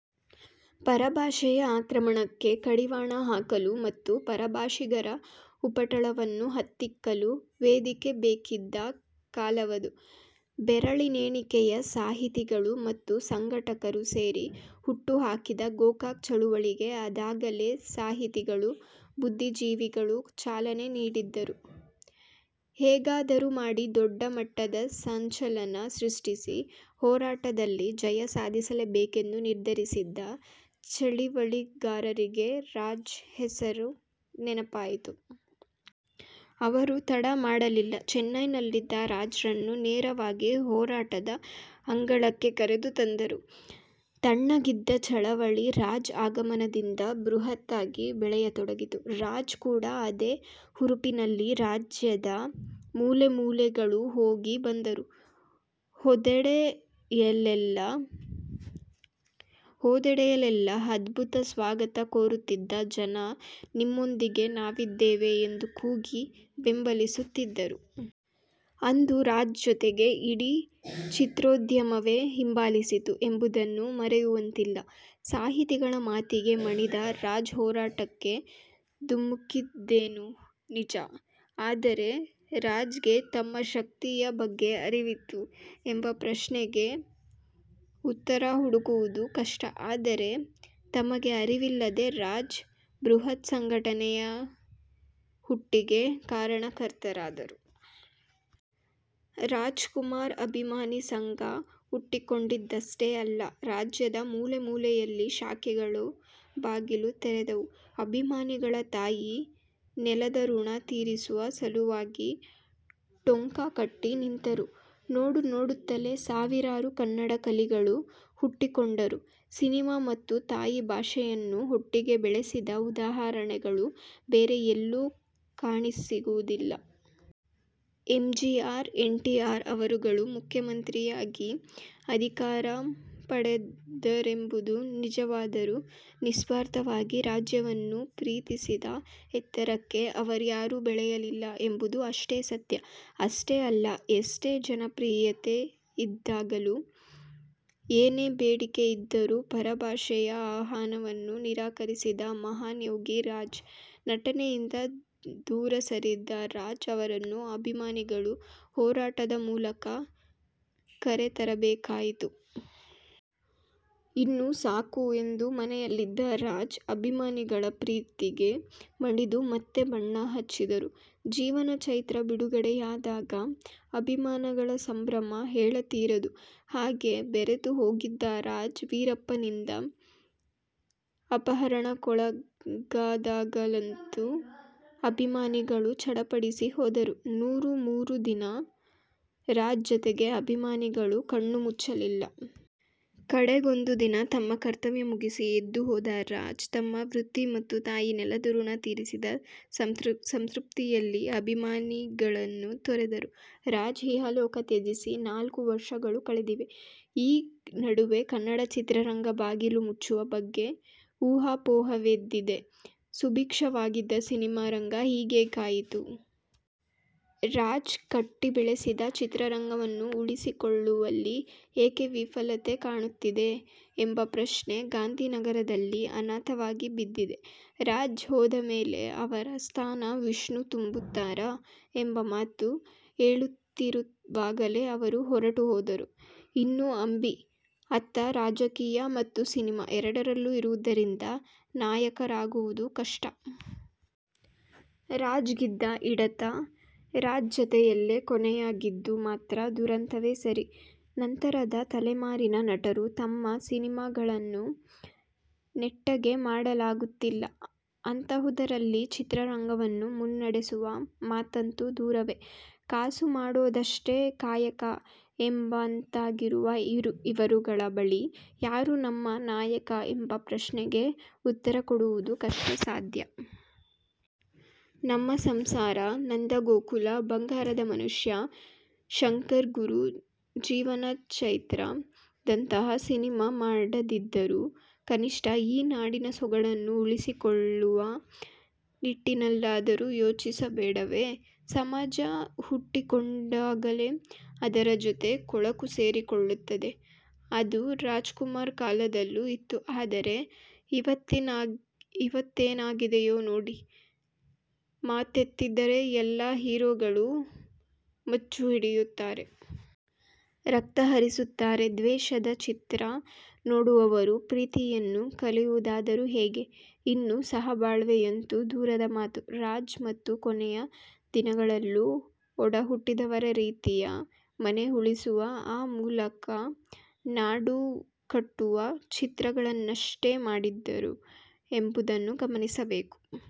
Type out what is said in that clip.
ಪರಭಾಷೆಯ ಆಕ್ರಮಣಕ್ಕೆ ಕಡಿವಾಣ ಹಾಕಲು ಮತ್ತು ಪರಭಾಷಿಗರ ಉಪಟಳವನ್ನು ಹತ್ತಿಕ್ಕಲು ವೇದಿಕೆ ಬೇಕಿದ್ದ ಕಾಲವದು. ಬೆರಳೆಣಿಕೆಯ ಸಾಹಿತಿಗಳು ಮತ್ತು ಸಂಘಟಕರು ಸೇರಿ ಹುಟ್ಟು ಹಾಕಿದ ಗೋಕಾಕ್ ಚಳವಳಿಗೆ ಅದಾಗಲೇ ಸಾಹಿತಿಗಳು, ಬುದ್ಧಿಜೀವಿಗಳು ಚಾಲನೆ ನೀಡಿದ್ದರು. ಹೇಗಾದರೂ ಮಾಡಿ ದೊಡ್ಡ ಮಟ್ಟದ ಸಂಚಲನ ಸೃಷ್ಠಿಸಿ ಹೋರಾಟದಲ್ಲಿ ಜಯ ಸಾಧಿಸಲೇಬೇಕೆಂದು ನಿರ್ಧರಿಸಿದ್ದ ಚಳಿವಳಿಗಾರರಿಗೆ ರಾಜ್ ಹೆಸರು ನೆನಪಾಯಿತು. ಅವರು ತಡಮಾಡಲಿಲ್ಲ. ಚೆನ್ನೈನಲ್ಲಿದ್ದ ರಾಜ್ರನ್ನು ನೇರವಾಗಿ ಹೋರಾಟದ ಅಂಗಳಕ್ಕೆ ಕರೆದು ತಂದರು. ತಣ್ಣಗಿದ್ದ ಚಳವಳಿ ರಾಜ್ ಆಗಮನದಿಂದ ಬೃಹತ್ತಾಗಿ ಬೆಳೆಯತೊಡಗಿತು. ರಾಜ್ ಕೂಡ ಅದೇ ಹುರುಪಿನಲ್ಲಿ ರಾಜ್ಯದ ಮೂಲೆಮೂಲೆಗಳು ಹೋಗಿ ಬಂದರು. ಹೋದೆಡೆಯಲೆಲ್ಲಾ ಅದ್ಭುತ ಸ್ವಾಗತ ಕೋರುತ್ತಿದ್ದ ಜನ ನಿಮ್ಮೊಂದಿಗೆ ನಾವಿದ್ದೇವೆ ಎಂದು ಕೂಗಿ ಬೆಂಬಲಿಸುತ್ತಿದ್ದರು. ಅಂದು ರಾಜ್ ಜೊತೆಗೆ ಇಡೀ ಚಿತ್ರೋದ್ಯಮವೇ ಹಿಂಬಾಲಿಸಿತ್ತು ಎಂಬುದನ್ನು ಮರೆಯುವಂತಿಲ್ಲ. ಸಾಹಿತಿಗಳ ಮಾತಿಗೆ ಮಣಿದ ರಾಜ್ ಹೋರಾಟಕ್ಕೆ ಧುಮುಕ್ಕಿದ್ದೇನೋ ನಿಜ. ಆದರೆ ರಾಜ್ಗೆ ತಮ್ಮ ಶಕ್ತಿಯ ಬಗ್ಗೆ ಅರಿವಿತ್ತೆ? ಎಂಬ ಪ್ರಶ್ನೆಗೆ ಉತ್ತರ ಹುಡುಕುವುದು ಕಷ್ಟ. ಆದರೆ, ತಮಗೇ ಅರಿವಿಲ್ಲದೆ ರಾಜ್, ಬೃಹತ್ ಸಂಘಟನೆಯ ಹುಟ್ಟಿಗೆ ಕಾರಣಕರ್ತರಾದರು. ರಾಜ್ಕುಮಾರ್ ಅಭಿಮಾನಿ ಸಂಘ ಹುಟ್ಟಿಕೊಂಡಿದ್ದಷ್ಟೇ ಅಲ್ಲ. ರಾಜ್ಯದ ಮೂಲೆ ಮೂಲೆಯಲ್ಲಿ ಶಾಖೆಗಳು ಬಾಗಿಲು ತೆರೆದವು. ಅಭಿಮಾನಿಗಳು ತಾಯಿ ನೆಲದ ಋಣ ತೀರಿಸುವ ಸಲುವಾಗಿ ಟೊಂಕ ಕಟ್ಟಿ ನಿಂತರು. ನೋಡನೋಡುತ್ತಲೇ ಸಾವಿರಾರು ಕನ್ನಡ ಕಲಿಗಳು ಹುಟ್ಟಿಕೊಂಡರು. ಸಿನಿಮಾ ಮತ್ತು ತಾಯಿ ಭಾಷೆಯನ್ನು ಒಟ್ಟಿಗೆ ಬೆಳೆಸಿದ ಉದಾಹರಣೆಗಳೂ ಬೇರೆ ಎಲ್ಲೂ ಕಾಣಸಿಗುವುದಿಲ್ಲ. ಎಂಜಿಆರ್, ಎನ್ಟಿಆರ್ ಅವರುಗಳು ಮುಖ್ಯಮಂತ್ರಿಯಾಗಿ ಅಧಿಕಾರ ಪಡೆದರೆಂಬುದು ನಿಜವಾದರೂ, ನಿಸ್ವಾರ್ಥವಾಗಿ ರಾಜ್ಯವನ್ನು ಪ್ರೀತಿಸಿದ ಎತ್ತರಕ್ಕೆ ಅವರ್ಯಾರು ಬೆಳೆಯಲಿಲ್ಲ ಎಂಬುದು ಅಷ್ಟೇ ಸತ್ಯ. ಅಷ್ಟೇ ಅಲ್ಲ ಎಷ್ಟೇ ಜನಪ್ರಿಯತೆಯಿದ್ದಾಗಲೂ, ಏನೇ ಬೇಡಿಕೆ ಇದ್ದರೂ ಪರಭಾಷೆಯ ಆಹ್ವಾನವನ್ನು ನಿರಾಕರಿಸಿದ ಮಹಾನ್ ಯೋಗಿ ರಾಜ್. ನಟನೆಯಿಂದ ದೂರ ಸರಿದ ರಾಜ್ ಅವರನ್ನು ಅಭಿಮಾನಿಗಳು ಹೋರಾಟದ ಮೂಲಕ ಕರೆತರಬೇಕಾಯಿತು. ಇನ್ನು ಸಾಕು ಎಂದು ಮನೆಯಲ್ಲಿದ್ದ ರಾಜ್, ಅಭಿಮಾನಿಗಳ ಪ್ರೀತಿಗೆ ಮಣಿದು ಮತ್ತೆ ಬಣ್ಣ ಹಚ್ಚಿದರು. ಜೀವನ ಚೈತ್ರ ಬಿಡುಗಡೆಯಾದಾಗ ಅಭಿಮಾನಿಗಳ ಸಂಭ್ರಮ ಹೇಳತೀರದು. ಹಾಗೆ ಬೆರತು ಹೋಗಿದ್ದ ರಾಜ್ ವೀರಪ್ಪನ್ನಿಂದ ಅಪಹರಣಕ್ಕೊಳಗಾದಾಗಲಂತೂ ಅಭಿಮಾನಿಗಳು ಚಡಪಡಿಸಿ ಹೋದರು. ನೂರ ಮೂರು ದಿನ ರಾಜ್ ಜೊತೆಗೆ ಅಭಿಮಾನಿಗಳು ಕಣ್ಣುಮುಚ್ಚಲಿಲ್ಲ. ಕಡೆಗೊಂದು ದಿನ ತಮ್ಮ ಕರ್ತವ್ಯ ಮುಗಿಸಿ ಎದ್ದು ಹೋದ ರಾಜ್ ತಮ್ಮ ವೃತ್ತಿ ಮತ್ತು ತಾಯಿ ನೆಲದ ಋಣ ತೀರಿಸಿದ ಸಂತೃಪ್ತಿಯಲ್ಲಿ ಅಭಿಮಾನಿಗಳನ್ನು ತೊರೆದರು. ರಾಜ್ ಇಹಲೋಕ ತ್ಯಜಿಸಿ ನಾಲ್ಕು ವರ್ಷಗಳು ಕಳೆದಿವೆ. ಈ ನಡುವೆ ಕನ್ನಡ ಚಿತ್ರರಂಗ ಬಾಗಿಲು ಮುಚ್ಚುವ ಬಗ್ಗೆ ಊಹಾಪೋಹವೆದ್ದಿದೆ. ಸುಭಿಕ್ಷವಾಗಿದ್ದ ಸಿನಿಮಾರಂಗ ಹೀಗೇಕಾಯಿತು. ರಾಜ್ ಕಟ್ಟಿ ಬೆಳೆಸಿದ ಚಿತ್ರರಂಗವನ್ನು ಉಳಿಸಿಕೊಳ್ಳುವಲ್ಲಿ ಏಕೆ ವಿಫಲತೆ ಕಾಣುತ್ತಿದೆ? ಎಂಬ ಪ್ರಶ್ನೆ ಗಾಂಧಿನಗರದಲ್ಲಿ ಅನಾಥವಾಗಿ ಬಿದ್ದಿದೆ. ರಾಜ್ ಹೋದ ಮೇಲೆ ಅವರ ಸ್ಥಾನ ವಿಷ್ಣು ತುಂಬುತ್ತಾರಾ? ಎಂಬ ಮಾತು ಏಳುತ್ತಿರುವಾಗಲೇ ಅವರು ಹೊರಟು ಹೋದರು. ಇನ್ನು ಅಂಬಿ, ಅತ್ತ ರಾಜಕೀಯ ಮತ್ತು ಸಿನಿಮಾ ಎರಡರಲ್ಲೂ ಇರುವುದರಿಂದ ನಾಯಕರಾಗುವುದು ಕಷ್ಟ. ರಾಜ್ ಗಿದ್ದ ಹಿಡಿತ ರಾಜ್ ಜತೆಯಲ್ಲೇ ಕೊನೆಯಾಗಿದ್ದು ಮಾತ್ರ ದುರಂತವೇ ಸರಿ. ನಂತರದ ತಲೆಮಾರಿನ ನಟರು ತಮ್ಮ ಸಿನಿಮಾಗಳನ್ನೇ ನೆಟ್ಟಗೆ ಮಾಡಲಾಗುತ್ತಿಲ್ಲ. ಅಂತಹುದರಲ್ಲಿ ಚಿತ್ರರಂಗವನ್ನು ಮುನ್ನಡೆಸುವ ಮಾತಂತೂ ದೂರವೇ. ಕಾಸು ಮಾಡೋದಷ್ಟೇ ಕಾಯಕ ಎಂಬಂತಾಗಿರುವ ಇವರುಗಳ ಬಳಿ ಯಾರು ನಮ್ಮ ನಾಯಕ ಎಂಬ ಪ್ರಶ್ನೆಗೆ ಉತ್ತರ ಹುಡುಕುವುದು ಕಷ್ಟಸಾಧ್ಯ. ನಮ್ಮ ಸಂಸಾರ, ನಂದಗೋಕುಲ, ಬಂಗಾರದ ಮನುಷ್ಯ, ಶಂಕರ್ಗುರು, ಜೀವನ ಚೈತ್ರದಂತಹ ಸಿನಿಮಾ ಮಾಡದಿದ್ದರೂ, ಕನಿಷ್ಠ ಈ ನಾಡಿನ ಸೊಗಡನ್ನು ಉಳಿಸಿಕೊಳ್ಳುವ ನಿಟ್ಟಿನಲ್ಲಾದರೂ ಯೋಚಿಸಬೇಡವೇ. ಸಮಾಜ ಹುಟ್ಟಿಕೊಂಡಾಗಲೇ ಅದರ ಜತೆಗೆ ಕೊಳಕು ಸೇರಿಕೊಳ್ಳುತ್ತದೆ. ಅದು ರಾಜ್ಕುಮಾರ್ ಕಾಲದಲ್ಲೂ ಇತ್ತು. ಆದರೆ, ಈವತ್ತೇನಾಗಿದೆಯೋ ನೋಡಿ. ಮಾತೆತ್ತಿದ್ದರೆ ಎಲ್ಲಾ ಹೀರೋಗಳು ಮಚ್ಚು ಹಿಡಿಯುತ್ತಾರೆ. ರಕ್ತ ಹರಿಸುತ್ತಾರೆ. ದ್ವೇಷದ ಚಿತ್ರ ನೋಡುವವರು ಪ್ರೀತಿಯನ್ನು ಕಲಿಯುವುದಾದರೂ ಹೇಗೆ? ಇನ್ನು ಸಹಬಾಳ್ವೆಯಂತೂ ದೂರದ ಮಾತು. ರಾಜ್ ತಮ್ಮ ಕೊನೆಯ ದಿನಗಳಲ್ಲೂ ಒಡಹುಟ್ಟಿದವರು ರೀತಿಯ ಮನೆ ಉಳಿಸುವ, ಆ ಮೂಲಕ ನಾಡು ಕಟ್ಟುವ ಚಿತ್ರಗಳನ್ನಷ್ಟೇ ಮಾಡಿದರು ಎಂಬುದನ್ನು ಗಮನಿಸಬೇಕು.